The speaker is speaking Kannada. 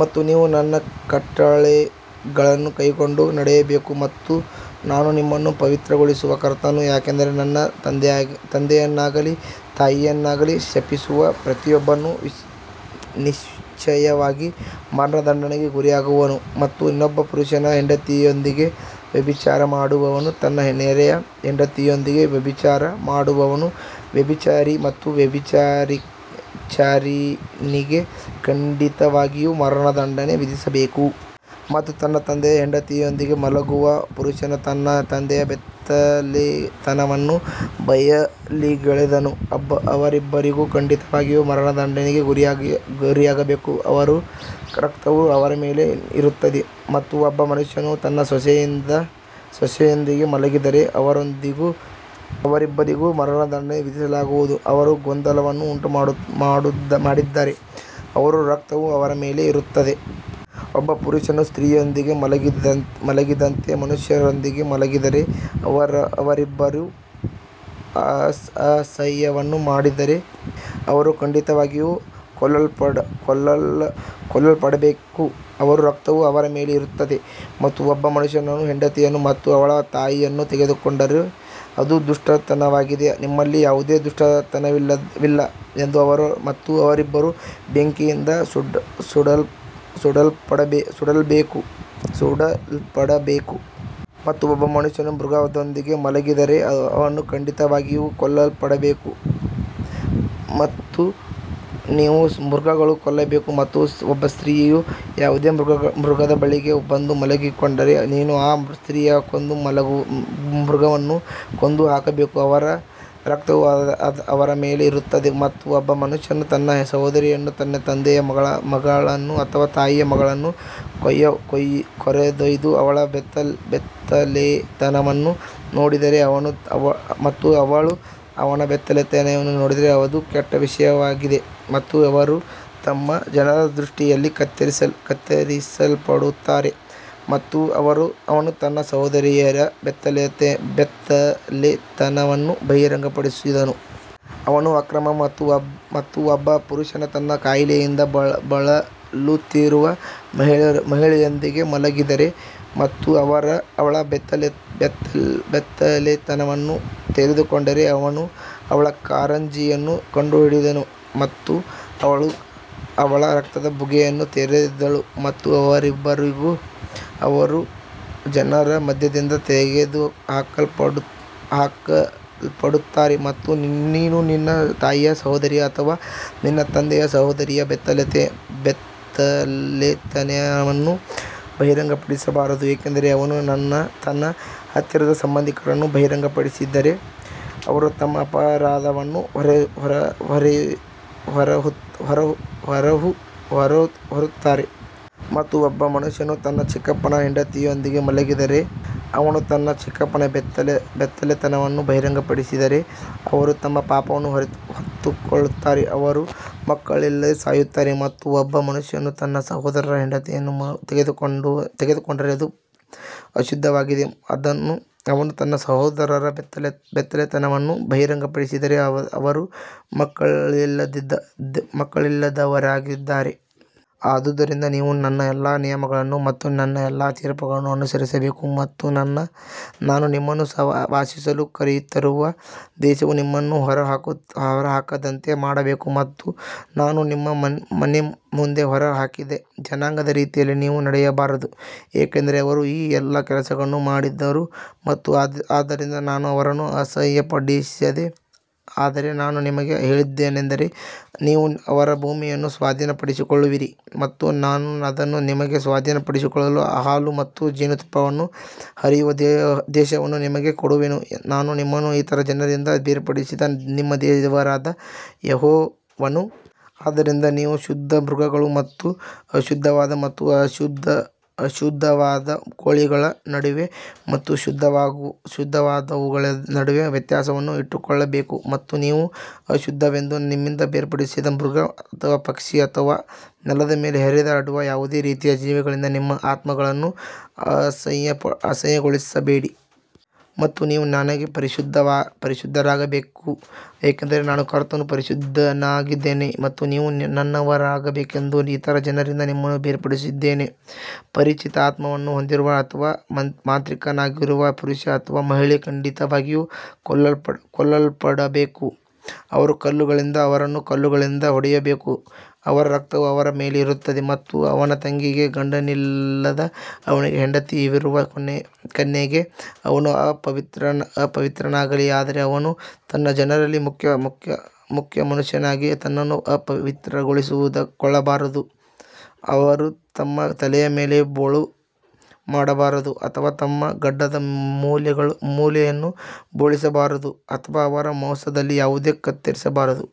ಮತ್ತು ನೀವು ನನ್ನ ಕಟ್ಟಳೆಗಳನ್ನು ಕೈಕೊಂಡು ನಡೆಯಬೇಕು ಮತ್ತು ನಾನು ನಿಮ್ಮನ್ನು ಪವಿತ್ರಗೊಳಿಸುವ ಕರ್ತನು ಯಾಕಂದರೆ ತನ್ನ ತಂದೆಯನ್ನಾಗಲಿ ತಾಯಿಯನ್ನಾಗಲಿ ಶಪಿಸುವ ಪ್ರತಿಯೊಬ್ಬನು ನಿಶ್ಚಯವಾಗಿ ಮರಣದಂಡನೆಗೆ ಗುರಿಯಾಗುವನು ಮತ್ತು ಇನ್ನೊಬ್ಬ ಪುರುಷನ ಹೆಂಡತಿಯೊಂದಿಗೆ ವ್ಯಭಿಚಾರ ಮಾಡುವವನು ತನ್ನ ನೆರೆಯ ಹೆಂಡತಿಯೊಂದಿಗೆ ವ್ಯಭಿಚಾರ ಮಾಡುವವನು ವ್ಯಭಿಚಾರಿ ಮತ್ತು ವ್ಯಭಿಚಾರಿಣಿಗೆ ಖಂಡಿತವಾಗಿಯೂ ಮರಣದಂಡನೆ ವಿಧಿಸಬೇಕು. ಮತ್ತು ತನ್ನ ತಂದೆಯ ಹೆಂಡತಿಯೊಂದಿಗೆ ಮಲಗುವ ಪುರುಷನು ತನ್ನ ತಂದೆಯ ಬೆತ್ತಲೆತನವನ್ನು ಬಯಲಿಗೆಳೆದನು, ಅವರಿಬ್ಬರೂ ಖಂಡಿತವಾಗಿಯೂ ಮರಣದಂಡನೆಗೆ ಗುರಿಯಾಗಬೇಕು ಅವರ ರಕ್ತವು ಅವರ ಮೇಲೆ ಇರುತ್ತದೆ. ಮತ್ತು ಒಬ್ಬ ಮನುಷ್ಯನು ತನ್ನ ಸೊಸೆಯೊಂದಿಗೆ ಮಲಗಿದರೆ ಅವರಿಬ್ಬರಿಗೂ ಮರಣದಂಡನೆ ವಿಧಿಸಲಾಗುವುದು, ಅವರು ಗೊಂದಲವನ್ನು ಉಂಟುಮಾಡಿದ್ದಾರೆ ಅವರ ರಕ್ತವು ಅವರ ಮೇಲೆ ಇರುತ್ತದೆ. ಒಬ್ಬ ಪುರುಷನು ಸ್ತ್ರೀಯೊಂದಿಗೆ ಮಲಗಿದಂತೆ ಮನುಷ್ಯರೊಂದಿಗೆ ಮಲಗಿದರೆ ಅವರಿಬ್ಬರೂ ಅಸಹ್ಯವನ್ನು ಮಾಡಿದ್ದರೆ ಅವರು ಖಂಡಿತವಾಗಿಯೂ ಕೊಲ್ಲಲ್ಪಡಬೇಕು ಅವರ ರಕ್ತವು ಅವರ ಮೇಲೆ ಇರುತ್ತದೆ. ಮತ್ತು ಒಬ್ಬ ಮನುಷ್ಯನು ಹೆಂಡತಿಯನ್ನು ಮತ್ತು ಅವಳ ತಾಯಿಯನ್ನು ತೆಗೆದುಕೊಂಡರೆ ಅದು ದುಷ್ಟತನವಾಗಿದೆ, ನಿಮ್ಮಲ್ಲಿ ಯಾವುದೇ ದುಷ್ಟತನವಿಲ್ಲ ಎಂದು ಅವರು ಮತ್ತು ಅವರಿಬ್ಬರೂ ಬೆಂಕಿಯಿಂದ ಸುಡಲ್ಪಡಬೇಕು. ಮತ್ತು ಒಬ್ಬ ಮನುಷ್ಯನು ಮೃಗದೊಂದಿಗೆ ಮಲಗಿದರೆ ಅವನು ಖಂಡಿತವಾಗಿಯೂ ಕೊಲ್ಲಲ್ಪಡಬೇಕು ಮತ್ತು ನೀವು ಮೃಗವನ್ನು ಕೊಲ್ಲಬೇಕು. ಮತ್ತು ಒಬ್ಬ ಸ್ತ್ರೀಯು ಯಾವುದೇ ಮೃಗದ ಬಳಿಗೆ ಬಂದು ಮಲಗಿಕೊಂಡರೆ ನೀನು ಆ ಸ್ತ್ರೀಯನ್ನು ಕೊಂದು ಮೃಗವನ್ನು ಕೊಂದು ಹಾಕಬೇಕು, ಅವರ ರಕ್ತವು ಅವರ ಮೇಲೆ ಇರುತ್ತದೆ. ಮತ್ತು ಒಬ್ಬ ಮನುಷ್ಯನು ತನ್ನ ಸಹೋದರಿಯನ್ನು ತನ್ನ ತಂದೆಯ ಮಗಳನ್ನು ಅಥವಾ ತಾಯಿಯ ಮಗಳನ್ನು ಕರೆದೊಯ್ದು ಅವಳ ಬೆತ್ತಲೆತನವನ್ನು ನೋಡಿದರೆ ಮತ್ತು ಅವಳು ಅವನ ಬೆತ್ತಲೆತನವನ್ನು ನೋಡಿದರೆ ಅದು ಕೆಟ್ಟ ವಿಷಯವಾಗಿದೆ ಮತ್ತು ಅವರು ತಮ್ಮ ಜನರ ದೃಷ್ಟಿಯಲ್ಲಿ ಕತ್ತರಿಸಲ್ಪಡುತ್ತಾರೆ ಮತ್ತು ಅವನು ತನ್ನ ಸಹೋದರಿಯರ ಬೆತ್ತಲೆತನವನ್ನು ಬಹಿರಂಗಪಡಿಸಿದನು. ಅವನ ಅಕ್ರಮ ಮತ್ತು ಒಬ್ಬ ಪುರುಷನು ತನ್ನ ಕಾಯಿಲೆಯಿಂದ ಬಳಲುತ್ತಿರುವ ಮಹಿಳೆಯೊಂದಿಗೆ ಮಲಗಿದರೆ ಮತ್ತು ಅವಳ ಬೆತ್ತಲೆತನವನ್ನು ತೆರೆದುಕೊಂಡರೆ ಅವನು ಅವಳ ಕಾರಂಜಿಯನ್ನು ಕಂಡುಹಿಡಿದನು ಮತ್ತು ಅವಳು ಅವಳ ರಕ್ತದ ಬುಗ್ಗೆಯನ್ನು ತೆರೆದಳು ಮತ್ತು ಅವರಿಬ್ಬರೂ ಅವರ ಜನರ ಮಧ್ಯದಿಂದ ತೆಗೆದುಹಾಕಲ್ಪಡುತ್ತಾರೆ. ಮತ್ತು ನೀನು ನಿನ್ನ ತಾಯಿಯ ಸಹೋದರಿಯ ಅಥವಾ ನಿನ್ನ ತಂದೆಯ ಸಹೋದರಿಯ ಬೆತ್ತಲೆತನವನ್ನು ಬಹಿರಂಗಪಡಿಸಬಾರದು ಏಕೆಂದರೆ ಅವನು ತನ್ನ ಹತ್ತಿರದ ಸಂಬಂಧಿಕರನ್ನು ಬಹಿರಂಗಪಡಿಸಿದರೆ ಅವರು ತಮ್ಮ ಅಪರಾಧವನ್ನು ಹೊರುತ್ತಾರೆ. ಮತ್ತು ಒಬ್ಬ ಮನುಷ್ಯನು ತನ್ನ ಚಿಕ್ಕಪ್ಪನ ಹೆಂಡತಿಯೊಂದಿಗೆ ಮಲಗಿದರೆ ಅವನು ತನ್ನ ಚಿಕ್ಕಪ್ಪನ ಬೆತ್ತಲೆತನವನ್ನು ಬಹಿರಂಗಪಡಿಸಿದರೆ ಅವರು ತಮ್ಮ ಪಾಪವನ್ನು ಹೊತ್ತುಕೊಳ್ಳುತ್ತಾರೆ ಅವರು ಮಕ್ಕಳಿಲ್ಲದೆ ಸಾಯುತ್ತಾರೆ. ಮತ್ತು ಒಬ್ಬ ಮನುಷ್ಯನು ತನ್ನ ಸಹೋದರರ ಹೆಂಡತಿಯನ್ನು ತೆಗೆದುಕೊಂಡರೆ ಅದು ಅಶುದ್ಧವಾಗಿದೆ, ಅವನು ತನ್ನ ಸಹೋದರರ ಬೆತ್ತಲೆತನವನ್ನು ಬಹಿರಂಗಪಡಿಸಿದರೆ ಅವರು ಮಕ್ಕಳಿಲ್ಲದವರಾಗಿದ್ದಾರೆ. ಆದುದರಿಂದ ನೀವು ನನ್ನ ಎಲ್ಲಾ ನಿಯಮಗಳನ್ನು ಮತ್ತು ನನ್ನ ಎಲ್ಲಾ ತೀರ್ಪುಗಳನ್ನು ಅನುಸರಿಸಬೇಕು ಮತ್ತು ನಾನು ನಿಮ್ಮನ್ನು ವಾಸಿಸಲು ಕರೆತರುವ ದೇಶವು ನಿಮ್ಮನ್ನು ಹೊರಹಾಕದಂತೆ ಮಾಡಬೇಕು. ಮತ್ತು ನಾನು ನಿಮ್ಮ ಮುಂದೆ ಹೊರಹಾಕಿದ ಜನಾಂಗದ ರೀತಿಯಲ್ಲಿ ನೀವು ನಡೆಯಬಾರದು, ಏಕೆಂದರೆ ಅವರು ಈ ಎಲ್ಲಾ ಕೆಲಸಗಳನ್ನು ಮಾಡಿದರು ಮತ್ತು ಆದ್ದರಿಂದ ನಾನು ಅವರನ್ನು ಅಸಹ್ಯಪಡಿಸಿದೆ ಆದರೆ ನಾನು ನಿಮಗೆ ಹೇಳಿದ್ದೇನೆಂದರೆ ನೀವು ಅವರ ಭೂಮಿಯನ್ನು ಸ್ವಾಧೀನಪಡಿಸಿಕೊಳ್ಳುವಿರಿ ಮತ್ತು ನಾನು ಅದನ್ನು ನಿಮಗೆ ಸ್ವಾಧೀನಪಡಿಸಿಕೊಳ್ಳಲು ಹಾಲು ಮತ್ತು ಜೇನುತುಪ್ಪವನ್ನು ಹರಿಯುವ ದೇಶವನ್ನು ನಿಮಗೆ ಕೊಡುವೆನು, ನಾನು ನಿಮ್ಮನ್ನು ಇತರ ಜನರಿಂದ ಬೇರ್ಪಡಿಸಿದ ನಿಮ್ಮ ದೇವರಾದ ಯೆಹೋವನು. ಆದ್ದರಿಂದ ನೀವು ಶುದ್ಧ ಮೃಗಗಳು ಮತ್ತು ಅಶುದ್ಧವಾದ ಮತ್ತು ಅಶುದ್ಧವಾದ ಕೋಳಿಗಳ ನಡುವೆ ಮತ್ತು ಶುದ್ಧವಾದವುಗಳ ನಡುವೆ ವ್ಯತ್ಯಾಸವನ್ನು ಇಟ್ಟುಕೊಳ್ಳಬೇಕು ಮತ್ತು ನೀವು ಅಶುದ್ಧವೆಂದು ನಿಮ್ಮಿಂದ ಬೇರ್ಪಡಿಸಿದ ಮೃಗ ಅಥವಾ ಪಕ್ಷಿ ಅಥವಾ ನೆಲದ ಮೇಲೆ ಹರಿದಾಡುವ ಯಾವುದೇ ರೀತಿಯ ಜೀವಿಗಳಿಂದ ನಿಮ್ಮ ಆತ್ಮಗಳನ್ನು ಅಸಹ್ಯಗೊಳಿಸಬೇಡಿ. ಮತ್ತು ನೀವು ನನಗೆ ಪರಿಶುದ್ಧರಾಗಿರಬೇಕು ಏಕೆಂದರೆ ನಾನು ಕರ್ತನು ಪರಿಶುದ್ಧನಾಗಿದ್ದೇನೆ ಮತ್ತು ನೀವು ನನ್ನವರಾಗಬೇಕೆಂದು ಇತರ ಜನರಿಂದ ನಿಮ್ಮನ್ನು ಬೇರ್ಪಡಿಸಿದ್ದೇನೆ. ಪರಿಚಿತ ಆತ್ಮವನ್ನು ಹೊಂದಿರುವ ಅಥವಾ ಮಾಂತ್ರಿಕನಾಗಿರುವ ಪುರುಷ ಅಥವಾ ಮಹಿಳೆ ಖಂಡಿತವಾಗಿಯೂ ಕೊಲ್ಲಲ್ಪಡಬೇಕು ಅವರು ಕಲ್ಲುಗಳಿಂದ ಅವರನ್ನು ಕಲ್ಲುಗಳಿಂದ ಹೊಡೆಯಬೇಕು ಅವರ ರಕ್ತವು ಅವರ ಮೇಲೆ ಇರುತ್ತದೆ ಮತ್ತು ಅವನ ತಂಗಿಗೆ ಗಂಡನಿಲ್ಲದ ಅವನಿಗೆ ಹತ್ತಿರವಿರುವ ಕನ್ಯೆಗೆ ಅವನು ಅಪವಿತ್ರನಾಗಲಿ ಆದರೆ ಅವನು ತನ್ನ ಜನರಲ್ಲಿ ಮುಖ್ಯ ಮನುಷ್ಯನಾಗಿ ತನ್ನನ್ನು ಅಪವಿತ್ರಗೊಳಿಸಿಕೊಳ್ಳಬಾರದು ಅವರು ತಮ್ಮ ತಲೆಯ ಮೇಲೆ ಬೋಳು ಮಾಡಬಾರದು ಅಥವಾ ತಮ್ಮ ಗಡ್ಡದ ಮೂಲೆಯನ್ನು ಬೋಳಿಸಿಕೊಳ್ಳಬಾರದು ಅಥವಾ ಅವರ ಮಾಂಸದಲ್ಲಿ ಯಾವುದೇ ಕತ್ತರಿಸಬಾರದು.